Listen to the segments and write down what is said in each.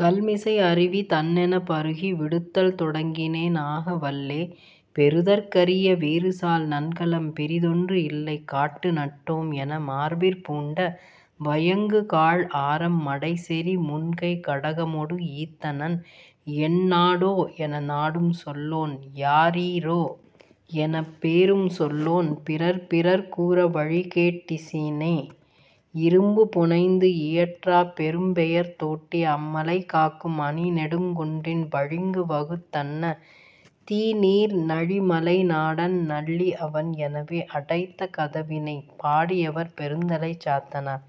கல்மிசை அருவி தண்ணெனப் பருகி, விடுத்தல் தொடங்கினேன் ஆக, வல்லே, "பெறுதற் கரிய வீறுசால் நன்கலம் பிறிதொன்று இல்லை; காட்டு நட்டோம்" என, மார்பிற் பூண்ட வயங்குகாழ் ஆரம் மடைசெறி முன்கை கடகமொடு ஈத்தனன்; 'எந்நா டோ? ' என, நாடும் சொல்லான்! 'யாரீ ரோ! ' எனப், பேரும் சொல்லோன்; பிறர்பிறர் கூற வழிக்கேட் டிசினே; 'இரும்பு புனைந்து இயற்றாப் பெரும்பெயர்த் தோட்டி அம்மலை காக்கும் அணிநெடுங் குன்றின் பளிங்கு வகுத் தன்ன தீநீர், நளிமலை நாடன் நள்ளிஅவன்' எனவே.. அடைத்த கதவினை! பாடியவர்: பெருந்தலைச் சாத்தனார்.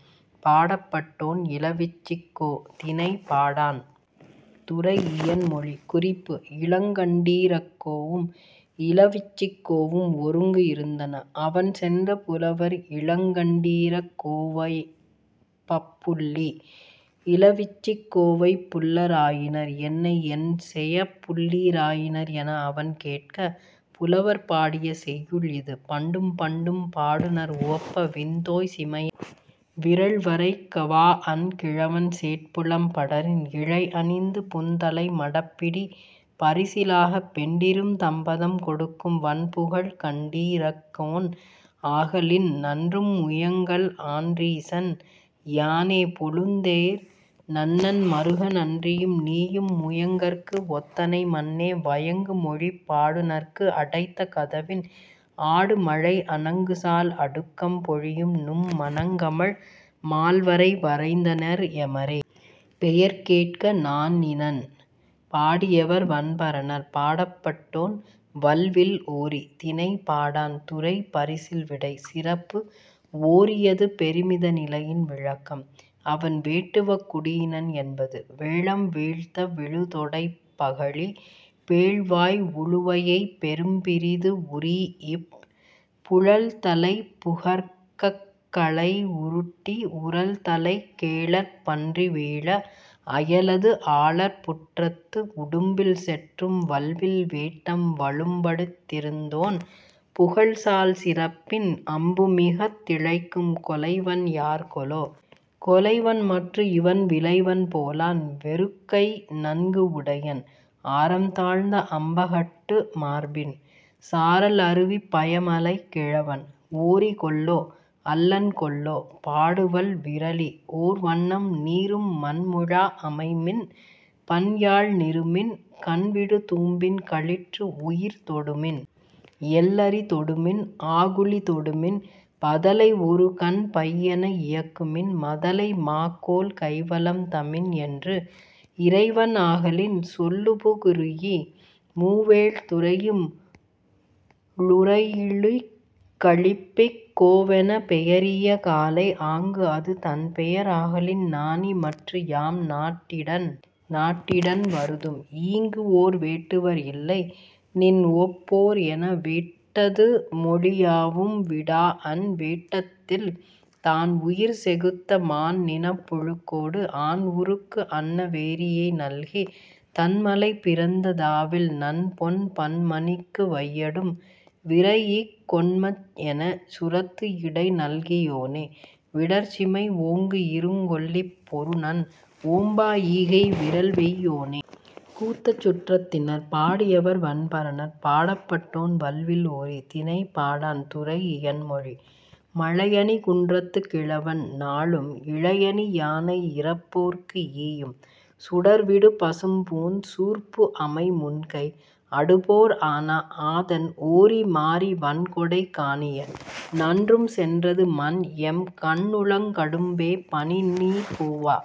பாடப்பட்டோன்: இளவிச்சிக்கோ. திணை: பாடாண். துறை: இயன்மொழி. குறிப்பு: இளங் கண்டீரக்கோவும், இளவிச்சிக்கோவும் ஒருங்கு இருந்தன. அவண் சென்ற புலவர் இளங்கண்டீரக் கோவைபப் புல்லி, இளவிச்சிக்கோவைப் புல்லராயினர். 'என்னை என் செயப் புல்லீராயினர்' என அவன் கேட்கப் புலவர் பாடிய செய்யுள் இது. பண்டும் பண்டும் பாடுநர் உவப்ப, விண்தோய் சிமைய விறல்வரைக் கவாஅன் கிழவன் சேட்புலம் படரின், இழை அணிந்து, புன்தலை மடப்பிடி பரிசிலாகப், பெண்டிரும் தம்பதம் கொடுக்கும் வண்புகழ்க் கண்டீ ரக்கோன் ஆகலின், நன்றும் முயங்கல் ஆன்றிசின், யானே: பொலந்தேர் நன்னன் மருகன் அன்றியும், நீயும் முயங்கற்கு ஒத்தனை மன்னே: வயங்கு மொழிப் பாடுநர்க்கு அடைத்த கதவின், ஆடு மழை அணங்குசால் அடுக்கம் பொழியும் நும் மணங்கமழ் மால்வரை வரைந்தனர், எமரே.. பெயர் கேட்க நாணினன்! பாடியவர்: வண்பரணர். பாடப்பட்டோன்: வல்வில் ஓரி. திணை: பாடாண். துறை: பரிசில் விடை. சிறப்பு: ஓரியது பெருமித நிலையின் விளக்கம்; அவன் வேட்டுவக் குடியினன் என்பது. வேழம் வீழ்த்த விழுத் தொடைப் பகழி பேழ்வாய் உழுவையைப் பெரும்பிறிது உறீஇப், புழல்தலை புகர்க்ககலை உருட்டி, உரல்தலைக் கேழற் பன்றி வீழ, அயலது ஆழற் புற்றத்து உடும்பில் செற்றும், வல்வில் வேட்டம் வலம்படுத் திருந்தோன், புகழ்சால் சிறப்பின் அம்புமிகத் திளைக்கும் கொலைவன் யார்கொலோ? கொலைவன் மற்று இவன் விலைவன் போலான்: வெறுக்கைநன்கு உடையன்: ஆரம் தாழ்ந்த அம்பகட்டு மார்பின், சாரல் அருவிப் பயமலைக் கிழவன், ஓரி கொல்லோ? அல்லன் கொல்லோ? பாடுவல், விறலி! ஓர் வண்ணம்; நீரும் மண்முழா அமைமின்; பண்யாழ் நிறுமின்; கண்விடு தூம்பின் களிற்று உயிர் தொடுமின்: எல்லரி தொடுமின்; ஆகுளி தொடுமின்; பதலை ஒருகண் பையென இயக்குமின்; மதலை மாக்கோல் கைவலம் தமின் என்று, இறைவன் ஆகலின், சொல்லுபு குறுகி, மூவேழ் துறையும் ழுறையுளிக் கழிப்பிக், கோ வெனப் பெயரிய காலை, ஆங்கு அது தன்பெயர் ஆகலின் நாணி, மற்று, யாம் நாட்டிடன் நாட்டிடன் வருதும்; ஈங்கு ஓர் வேட்டுவர் இல்லை, நின் ஒப் போர் என, வேட்டது மொழியாவும் விடாஅன், வேட்டத்தில் தான் உயிர் செகுத்த மான் நிணப் புழுக்கோடு, ஆன் உருக்கு அன்ன வேரியை நல்கித், தன்மலைப் பிறந்த தாவில் நன்பொன் பன்மணிக் கு வையடும் விரைஇக், கொண்ம் எனச், சுரத்துஇடை நல்கி யோனே: விடர்ச் சிமை ஓங்குஇருங் கொல்லிப் பொருநன், ஓம்பா ஈகை விறல்வெய் யோனே!. கூத்தச் சுற்றத்தினர்! பாடியவர்: வண்பரணர். பாடப்பட்டோன்: வல்வில் ஓரி. திணை: பாடாண். துறை: இயன் மொழி. மழையணி குன்றத்துக் கிழவன், நாளும், இழையணி யானை இரப்போர்க்கு ஈயும், சுடர்விடு பசும்பூண், சூர்ப்பு அமை முன்கை, அடுபோர் ஆனா, ஆதன் ஓரி மாரி வண்கொடை காணிய, நன்றும் சென்றது மன், எம் கண்ணுளங் கடும்பே; பனிநீர்ப் பூவா